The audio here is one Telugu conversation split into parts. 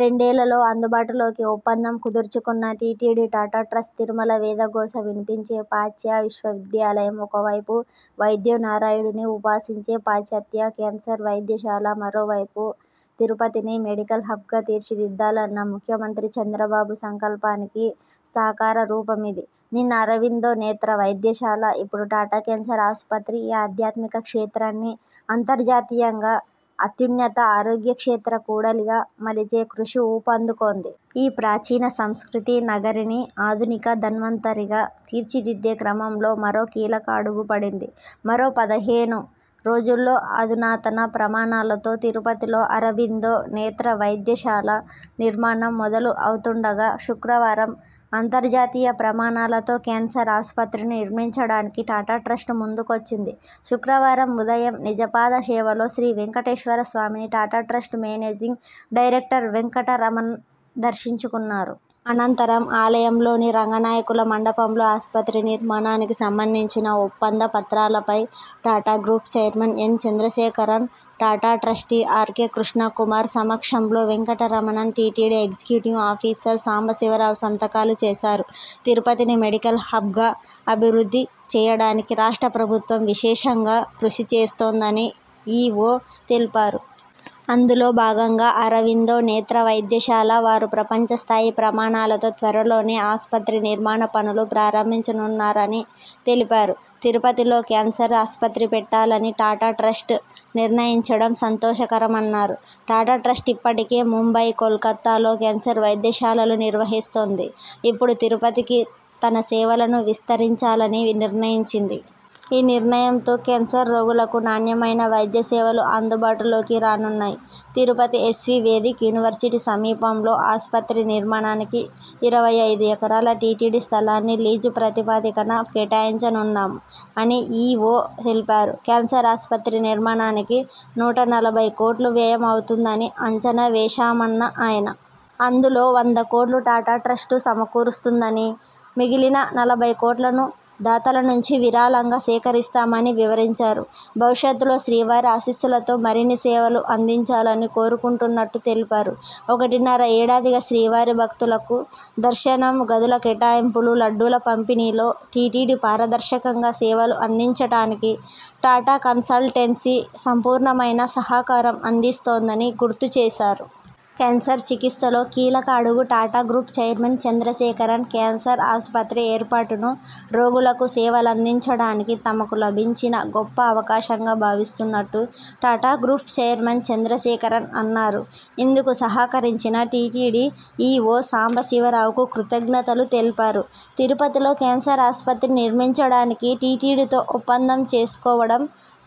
రెండేళ్లలో అందుబాటులో కిఒప్పందం కుదుర్చుకున్న టిటిడి, టాటా ట్రస్ట్ తిరుమల వేద ఘోష వినిపించే ప్రాచ్య విశ్వవిద్యాలయం ఒకవైపు, వైద్యో నారాయణుడిని ఉపాసించే పాశ్చాత్య కేన్సర్ వైద్యశాల మరోవైపు! తిరుపతిని మెడికల్ హబ్గా తీర్చిదిద్దాలన్న ముఖ్యమంత్రి చంద్రబాబు సంకల్పానికి సాకార రూపమిది! నిన్న అరవిందో నేత్ర వైద్యశాల, ఇప్పుడు టాటా కేన్సర్ ఆస్పత్రి, ఈ ఆధ్యాత్మిక క్షేత్రాన్ని అంతర్జాతీయంగా అత్యున్నత ఆరోగ్య క్షేత్ర కూడలిగా మలిచే కృషి ఊపందుకొంది. ఈ ప్రాచీన సంస్కృతీ నగరిని ఆధునిక ధన్వంతరిగా తీర్చిదిద్దే క్రమంలో మరో కీలక అడుగుపడింది. మరో పదిహేను రోజుల్లో అధునాతన ప్రమాణాలతో తిరుపతిలో అరబిందో నేత్ర వైద్యశాల నిర్మాణం మొదలు అవుతుండగా.. శుక్రవారం అంతర్జాతీయ ప్రమాణాలతో కేన్సర్ ఆస్పత్రిని నిర్మించడానికి టాటా ట్రస్టు ముందుకొచ్చింది. శుక్రవారం ఉదయం నిజపాద సేవలో శ్రీవేంకటేశ్వర స్వామిని Tata trust managing director Venkataramanan దర్శించుకున్నారు. అనంతరం ఆలయంలోని రంగనాయకుల మండపంలో ఆస్పత్రి నిర్మాణానికి సంబంధించిన ఒప్పంద పత్రాలపై Tata group chairman N Chandrasekaran, Tata trustee R K Krishna Kumar సమక్షంలో Venkataramanan, TTD executive officer Sambasivarao సంతకాలు చేశారు. తిరుపతిని మెడికల్ హబ్గా అభివృద్ధి చేయడానికి రాష్ట్ర ప్రభుత్వం విశేషంగా కృషి చేస్తోందని ఇ ఒ తెలిపారు. అందులో భాగంగా అరవిందో నేత్ర వైద్యశాల వారు ప్రపంచస్థాయి ప్రమాణాలతో త్వరలోనే ఆస్పత్రి నిర్మాణ పనులు ప్రారంభించనున్నారని తెలిపారు. తిరుపతిలో కేన్సర్ ఆస్పత్రి పెట్టాలని టాటా ట్రస్ట్ నిర్ణయించడం సంతోషకరమన్నారు. ''టాటా ట్రస్టు ఇప్పటికే ముంబై, కోల్కతాల్లో కేన్సర్ వైద్యశాలలు నిర్వహిస్తోంది. ఇప్పుడు తిరుపతికి తన సేవలను విస్తరించాలని నిర్ణయించింది. ఈ నిర్ణయంతో కేన్సర్ రోగులకు నాణ్యమైన వైద్య సేవలు అందుబాటులోకి రానున్నాయి. తిరుపతి ఎస్వీ వేదిక్ యూనివర్సిటీ సమీపంలో ఆస్పత్రి నిర్మాణానికి ఇరవై ఐదు ఎకరాల టిటిడి స్థలాన్ని లీజు ప్రతిపాదికన కేటాయించనున్నాం అని ఇ ఒ తెలిపారు. కేన్సర్ ఆస్పత్రి నిర్మాణానికి నూట నలభై కోట్లు వ్యయం అవుతుందని అంచనా వేశామన్న ఆయన. అందులో వంద కోట్లు టాటా ట్రస్టు సమకూరుస్తుందని, మిగిలిన నలభై కోట్లను దాతల నుంచి విరాళాలుగా సేకరిస్తామని వివరించారు. భవిష్యత్లో శ్రీవారి ఆశీస్సులతో మరిన్ని సేవలు అందించాలని కోరుకుంటున్నట్టు తెలిపారు. ఒకటిన్నర ఏడాదిగా శ్రీవారి భక్తులకు దర్శనం, గదుల కేటాయింపులు, లడ్డూల పంపిణీలో టిటిడి పారదర్శకంగా సేవలు అందించడానికి టాటా కన్సల్టెన్సీ సంపూర్ణమైన సహకారం అందిస్తోందని గుర్తుచేశారు. కేన్సర్ చికిత్సలో కీలక అడుగు Tata group chairman Chandrasekaran cancer ఆస్పత్రి ఏర్పాటును, రోగులకు సేవలందించడానికి తమకు లభించిన గొప్ప అవకాశంగా భావిస్తున్నట్టు టాటా గ్రూప్ చైర్మన్ చంద్రశేఖరన్ అన్నారు. ఇందుకు సహకరించిన టిటిడి ఇ ఒ సాంబశివరావుకు కృతజ్ఞతలు తెలిపారు. తిరుపతిలో కేన్సర్ ఆస్పత్రి నిర్మించడానికి టిటిడితో ఒప్పందం చేసుకోవడం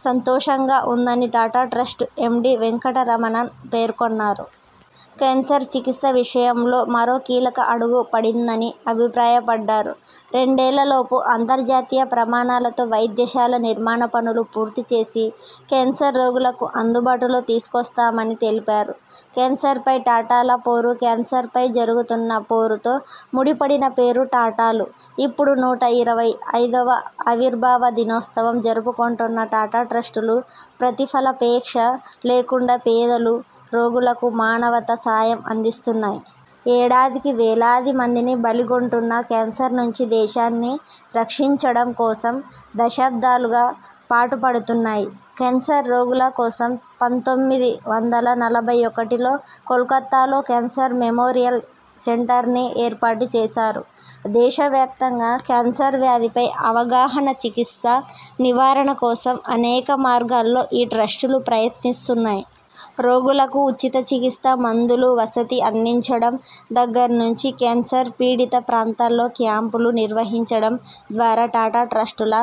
సంతోషంగా ఉందని టాటా ట్రస్టు ఎండి వెంకటరమణన్ పేర్కొన్నారు. కేన్సర్ చికిత్స విషయంలో మరో కీలక అడుగు పడిందని అభిప్రాయపడ్డారు. రెండేళ్లలోపు అంతర్జాతీయ ప్రమాణాలతో వైద్యశాల నిర్మాణ పనులు పూర్తిచేసి కేన్సర్ రోగులకు అందుబాటులో తీసుకొస్తామని తెలిపారు. కేన్సర్ పై టాటాల పోరు కేన్సర్ పై జరుగుతున్న పోరుతో ముడిపడిన పేరు టాటాలు. ఇప్పుడు నూట ఇరవై ఐదోవ ఆవిర్భావ దినోత్సవం జరుపుకొంటున్న టాటా ట్రస్టులు ప్రతిఫలాపేక్ష లేకుండా పేదలు, రోగులకు మానవతా సాయం అందిస్తున్నాయి. ఏడాదికి వేలాది మందిని బలిగొంటున్న కేన్సర్ నుంచి దేశాన్ని రక్షించడం కోసం దశాబ్దాలుగా పాటు పడుతున్నాయి. కేన్సర్ రోగుల కోసం పంతొమ్మిది వందల నలభై ఒకటిలో కోల్కతాలో కేన్సర్ మెమోరియల్ సెంటర్ని ఏర్పాటుచేశారు. దేశవ్యాప్తంగా కేన్సర్ వ్యాధిపై అవగాహన, చికిత్స, నివారణ కోసం అనేక మార్గాల్లో ఈ ట్రస్టులు ప్రయత్నిస్తున్నాయి. రోగులకు ఉచిత చికిత్స, మందులు, వసతి అందించడం దగ్గర నుంచి కేన్సర్ పీడిత ప్రాంతాల్లో క్యాంపులు నిర్వహించడం ద్వారా టాటా ట్రస్టుల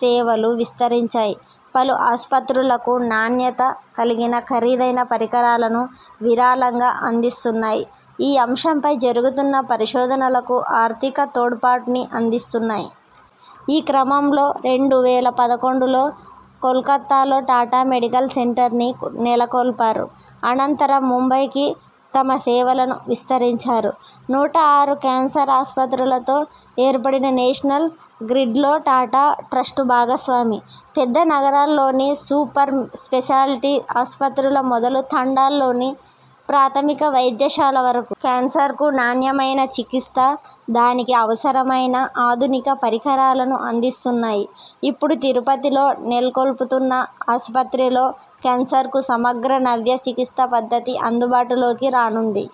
సేవలు విస్తరించాయి. పలు ఆస్పత్రులకు నాణ్యత కలిగిన ఖరీదైన పరికరాలను విరాళంగా అందిస్తున్నాయి. ఈ అంశంపై జరుగుతున్న పరిశోధనలకు ఆర్థిక తోడ్పాటుని అందిస్తున్నాయి. ఈ క్రమంలో రెండు వేల పదకొండులో కోల్కతాలో టాటా మెడికల్ సెంటర్ని నెలకొల్పారు. అనంతరం ముంబైకీ తమ సేవలను విస్తరించారు. నూట ఆరు కేన్సర్ ఆస్పత్రులతో ఏర్పడిన నేషనల్ గ్రిడ్లో టాటా ట్రస్టు భాగస్వామి. పెద్ద నగరాల్లోని సూపర్ స్పేషాలిటీ ఆస్పత్రుల మొదలు తండాల్లోని ప్రాథమిక వైద్యశాల వరకు.. కేన్సర్కు నాణ్యమైన చికిత్స, దానికి అవసరమైన ఆధునిక పరికరాలను అందిస్తున్నాయి. ఇప్పుడు తిరుపతిలో నెలకొల్పుతున్న ఆస్పత్రిలో కేన్సర్కు సమగ్ర నవ్య చికిత్సా పద్ధతి అందుబాటులోకి రానుంది.